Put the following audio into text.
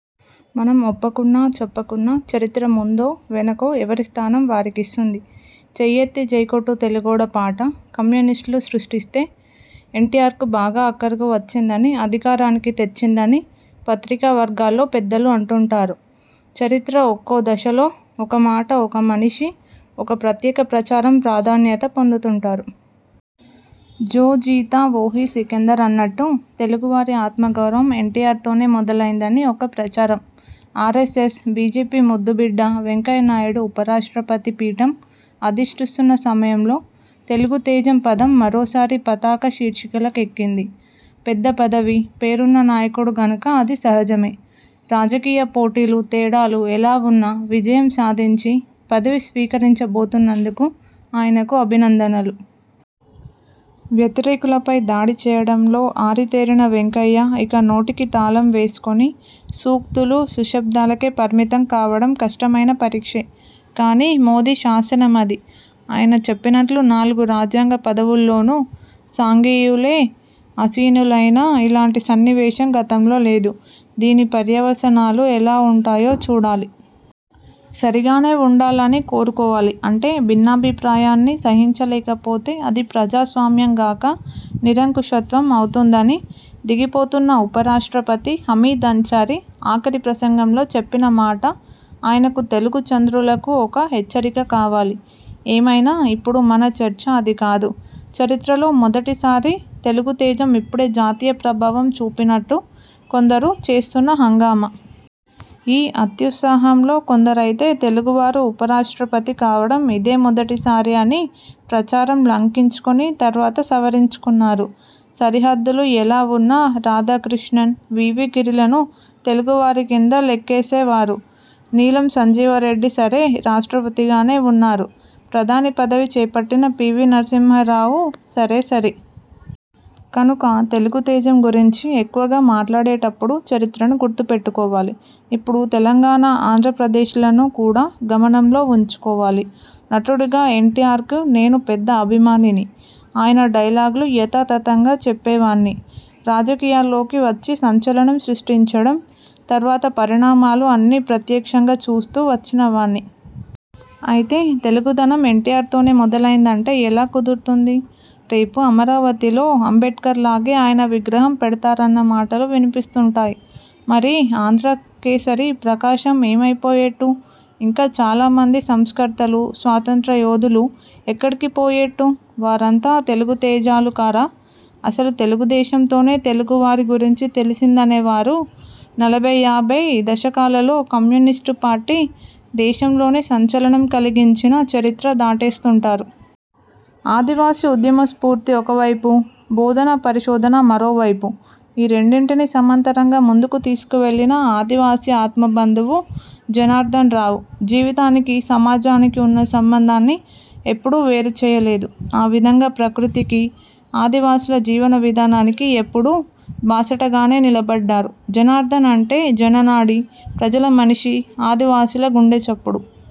మనం ఒప్పకున్నా చెప్పకున్నా చరిత్ర ముందో వెనకో ఎవరి స్థానం వారికిస్తుంది. చెయ్యెత్తి జైకొట్టు తెలుగోడా పాట కమ్యూనిస్టులు సృష్టిస్తే ఎన్టీఆర్కు బాగా అక్కరకు వచ్చిందని అధికారానికి తెచ్చిందని పత్రికా వర్గాల్లో పెద్దలు అంటుంటారు. చరిత్ర ఒక్కో దశలో ఒక మాట ఒక మనిషి ఒక ప్రత్యేక ప్రచారం ప్రాధాన్యత పొందుతుంటారు. 'జో జీతా వొహీ సికిందర్' అన్నట్టు తెలుగువారి ఆత్మగౌరవం ఎన్టీఆర్ తోనే మొదలైందని ఒక ప్రచారం. ఆరెస్సెస్–బీజేపీ ముద్దుబిడ్డ వెంకయ్య నాయుడు ఉపరాష్ట్రపతి పీఠం అధిష్టిస్తున్న సమయంలో తెలుగుతేజం పదం మరోసారి పతాక శీర్షికలకెక్కింది. పెద్ద పదవి, పేరున్న నాయకుడు గనక అది సహజమే. రాజకీయ పోటీలు తేడాలు ఎలా వున్నా విజయం సాధించి పదవి స్వీకరించబోతున్నందుకు ఆయనకు అభినందనలు. వ్యతిరేకులపై దాడి చేయడంలో ఆరితేరిన వెంకయ్య ఇక నోటికి తాళం వేసుకుని సూక్తులు సుశబ్దాలకే పరిమితం కావడం కష్టమైన పరీక్షే. కాని మోదీ శాసనం అది. ఆయనే చెప్పినట్టు నాలుగు రాజ్యాంగ పదవుల్లోనూ సంఘీయులే ఆసీనులైన ఇలాటి సన్నివేశం గతంలో లేదు. దీని పర్యవసానాలు ఎలా వుంటాయో చూడాలి. సరిగానే వుండాలని కోరుకోవాలి. అంటే భిన్నాభిప్రాయాన్ని సహించలేకపోతే అది ప్రజాస్వామ్యం గాక నిరంకుశత్వం అవుతుందని దిగిపోతున్న ఉపరాష్ట్రపతి హమీద్ అన్సారీ ఆఖరి ప్రసంగంలో చెప్పిన మాట ఆయనకూ తెలుగు చంద్రులకూ ఒక హెచ్చరిక కావాలి. ఏమైనా ఇప్పుడు మన చర్చ అది కాదు. చరిత్రలో మొదటి సారి తెలుగుతేజం ఇప్పుడే జాతీయ ప్రభావం చూపినట్టు కొందరు చేస్తున్న హంగామా. ఈ అత్యుత్సాహంలో కొందరైతే తెలుగువారు ఉపరాష్ట్రపతి కావడం ఇదే మొదటి సారి అని ప్రచారం లంకించుకుని తర్వాత సవరించుకున్నారు. సరిహద్దులు ఎలావున్నా రాధాకృష్ణన్, వి. వి. గిరిలను తెలుగువారి కింద లెక్కేసేవారు. నీలం సంజీవ రెడ్డి సరే రాష్ట్రపతిగానే వున్నారు. ప్రధాని పదవి చేపట్టిన పివి నరసింహారావు సరేసరి. కనుక తెలుగుతేజం గురించి ఎక్కువగా మాట్లాడేప్పుడు చరిత్రను గుర్తుపెట్టుకోవాలి. ఇప్పుడు తెలంగాణ ఆంధ్రప్రదేశ్లను కూడా గమనంలో వుంచుకోవాలి. నటుడుగా ఎన్టీఆర్కు నేను పెద్ద అభిమానిని. ఆయన డైలాగులు యథాతథంగా చెప్పేవాణ్ని. రాజకీయాల్లోకి వచ్చి సంచలనం సృష్టించడం, తర్వాత పరిణామాలు అన్నీ ప్రత్యక్షంగా చూస్తూ వచ్చిన వాణ్ని. అయితే తెలుగుదనం ఎన్టీఆర్తోనే మొదలైందంటే ఎలా కుదురుతుంది? రేపు అమరావతిలో అంబేడ్కర్లాగే ఆయన విగ్రహం పెడతారన్న మాటలు వినిపిస్తుంటాయి. మరి ఆంధ్రకేసరి ప్రకాశం ఏమైపోయేట్టు? ఇంకా చాలామంది సంస్కర్తలు స్వాతంత్ర్య యోధులు ఎక్కడికిపోయేట్టు? వారంతా తెలుగుతేజాలు కారా? అసలు తెలుగుదేశంతోనే తెలుగువారి గురించి తెలిసిందనే వారు నలభై యాభై దశకాలలో కమ్యూనిస్టుపార్టీ దేశంలోనే సంచలనం కలిగించిన చరిత్ర దాటేస్తుంటారు. ఆదివాసీ ఉద్యమ స్ఫూర్తి ఒకవైపు, బోధన- పరిశోధన మరోవైపు. ఈ రెండింటినీ సమాంతరంగా ముందుకు తీసుకువెళ్ళిన ఆదివాసీ ఆత్మబంధువు జనార్దన్రావు. జీవితానికీ సమాజానికీ ఉన్న సంబంధాన్ని ఎప్పుడూ వేరుచేయలేదు. ఆ విధంగా ప్రకృతికీ, ఆదివాసుల జీవన విధానానికీ ఎప్పుడూ బాసటగానే నిలబడ్డారు. జనార్దన్ అంటే జననాడి, ప్రజల మనిషి, ఆదివాసుల గుండెచప్పుడు.